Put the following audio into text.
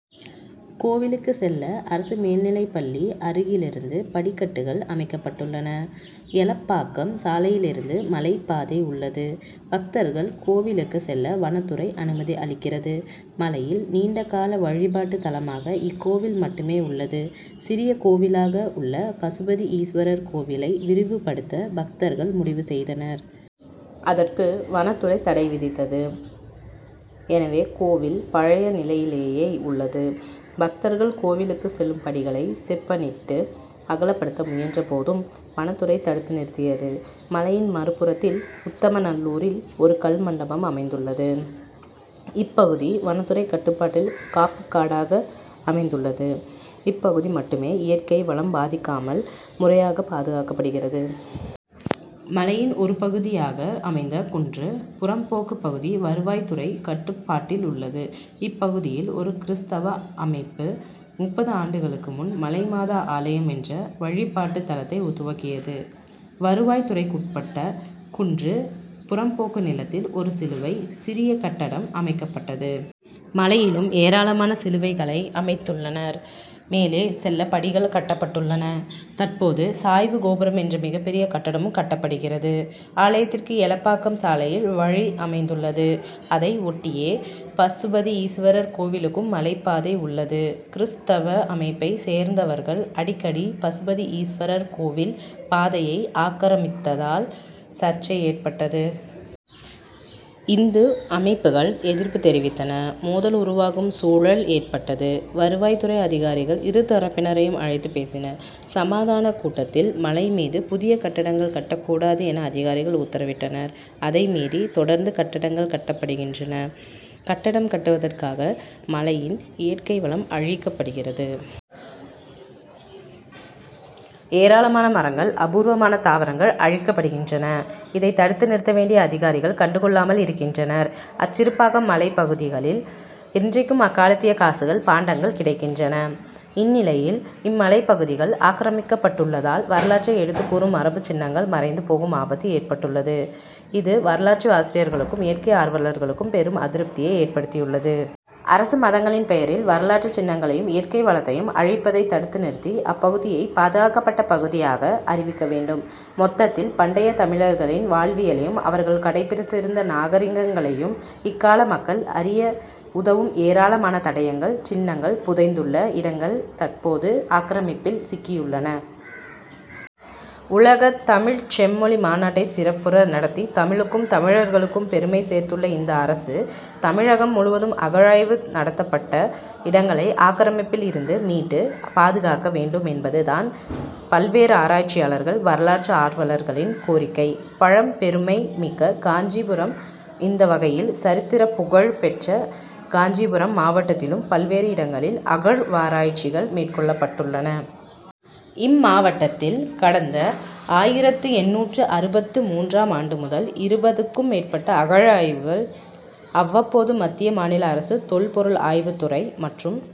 கோவிலுக்கு செல்ல அரசு மேல்நிலைப்பள்ளி அருகிலிருந்து படிக்கட்டுகள் அமைக்கப்பட்டுள்ளன. எலப்பாக்கம் சாலையிலிருந்து மலைப்பாதை உள்ளது. பக்தர்கள் கோவிலுக்கு செல்ல வனத்துறை அனுமதி அளிக்கிறது. மலையில் நீண்டகால வழிபாட்டு தலமாக இக்கோவில் மட்டுமே உள்ளது. சிறிய கோவிலாக உள்ள பசுபதி ஈஸ்வரர் கோவிலை விரிவுபடுத்த பக்தர்கள் முடிவு செய்தனர். அதற்கு வனத்துறை தடை விதித்தது. எனவே கோவில் பழைய நிலையிலேயே உள்ளது. பக்தர்கள் கோவிலுக்கு செல்லும் படிகளை செப்பனிட்டு அகலப்படுத்த முயன்ற போதும் வனத்துறை தடுத்து நிறுத்தியது. மலையின் மறுபுறத்தில் உத்தமநல்லூரில் ஒரு கல் மண்டபம் அமைந்துள்ளது. இப்பகுதி வனத்துறை கட்டுப்பாட்டில் காப்புக்காடாக அமைந்துள்ளது. இப்பகுதி மட்டுமே இயற்கை வளம் பாதிக்காமல் முறையாக பாதுகாக்கப்படுகிறது. மலையின் ஒரு பகுதியாக அமைந்த குன்று புறம்போக்கு பகுதி வருவாய்த்துறை கட்டுப்பாட்டில் உள்ளது. இப்பகுதியில் ஒரு கிறிஸ்தவ அமைப்பு முப்பது ஆண்டுகளுக்கு முன் மலைமாதா ஆலயம் என்ற வழிபாட்டு தலத்தை துவக்கியது. வருவாய் துறைக்குட்பட்ட குன்று புறம்போக்கு நிலத்தில் ஒரு சிலுவை, சிறிய கட்டடம் அமைக்கப்பட்டது. மலையிலும் ஏராளமான சிலுவைகளை அமைத்துள்ளனர். மேலே செல்ல படிகள் கட்டப்பட்டுள்ளன. தற்போது சாய்வு கோபுரம் என்ற மிகப்பெரிய கட்டடமும் கட்டப்படுகிறது. ஆலயத்திற்கு எலப்பாக்கம் சாலையில் வழி அமைந்துள்ளது. அதை ஒட்டியே பசுபதி ஈஸ்வரர் கோவிலுக்கும் மலைப்பாதை உள்ளது. கிறிஸ்தவ அமைப்பை சேர்ந்தவர்கள் அடிக்கடி பசுபதி ஈஸ்வரர் கோவில் பாதையை ஆக்கிரமித்ததால் சர்ச்சை ஏற்பட்டது. இந்து அமைப்புகள் எதிர்ப்பு தெரிவித்தன. மோதல் உருவாகும் சூழல் ஏற்பட்டது. வருவாய் துறை அதிகாரிகள் இரு தரப்பினரையும் அழைத்து பேசினர். சமாதானக் கூட்டத்தில் மலை மீது புதிய கட்டடங்கள் கட்டக் கூடாது என அதிகாரிகள் உத்தரவிட்டனர். அதை மீறி தொடர்ந்து கட்டடங்கள் கட்டப்படுகின்றன. கட்டடம் கட்டுவதற்காக மலையின் இயற்கை வளம் அழிக்கப்படுகிறது. ஏராளமான மரங்கள், அபூர்வமான தாவரங்கள் அழிக்கப்படுகின்றன. இதை தடுத்து நிறுத்த வேண்டிய அதிகாரிகள் கண்டுகொள்ளாமல் இருக்கின்றனர். அச்சிறுப்பாக்கம் மலைப்பகுதிகளில் இன்றைக்கும் அக்காலத்திய காசுகள், பாண்டங்கள் கிடைக்கின்றன. இந்நிலையில், இம்மலைப்பகுதிகள் ஆக்கிரமிக்கப்பட்டுள்ளதால், வரலாற்றை எடுத்துக் கூறும் மரபுச் சின்னங்கள் மறைந்து போகும் ஆபத்து ஏற்பட்டுள்ளது. இது வரலாற்று ஆசிரியர்களுக்கும், இயற்கை ஆர்வலர்களுக்கும் பெரும் அதிருப்தியை ஏற்படுத்தியுள்ளது. அரசு மதங்களின் பெயரில், வரலாற்று சின்னங்களையும், இயற்கை வளத்தையும் அழிப்பதை தடுத்து நிறுத்தி அப்பகுதியை பாதுகாக்கப்பட்ட பகுதியாக அறிவிக்க வேண்டும். மொத்தத்தில், பண்டைய தமிழர்களின் வாழ்வியலையும், அவர்கள் கடைபிடித்திருந்த நாகரிகங்களையும், இக்கால மக்கள் அறிய உதவும் ஏராளமான தடயங்கள், சின்னங்கள் புதைந்துள்ள இடங்கள் தற்போது ஆக்கிரமிப்பில் சிக்கியுள்ளன. உலகத் தமிழ்ச் செம்மொழி மாநாட்டை சிறப்புற நடத்தி, தமிழுக்கும், தமிழர்களுக்கும் பெருமை சேர்த்துள்ள இந்த அரசு, தமிழகம் முழுவதும் அகழாய்வு நடத்தப்பட்ட இடங்களை ஆக்கிரமிப்பில் இருந்து மீட்டு, பாதுகாக்க வேண்டும் என்பது தான் பல்வேறு ஆராய்ச்சியாளர்கள், வரலாற்று ஆர்வலர்களின் கோரிக்கை. பழம் பெருமை மிக்க காஞ்சிபுரம் இந்த வகையில், சரித்திரப் புகழ் பெற்ற காஞ்சிபுரம் மாவட்டத்திலும் பல்வேறு இடங்களில் அகழ்வாராய்ச்சிகள் மேற்கொள்ளப்பட்டுள்ளன. இம்மாவட்டத்தில் கடந்த ஆயிரத்து எண்ணூற்று அறுபத்து மூன்றாம் ஆண்டு முதல் இருபதுக்கும் மேற்பட்ட அகழாய்வுகள் அவ்வப்போது மத்திய, மாநில அரசு தொல்பொருள் ஆய்வுத்துறை மற்றும்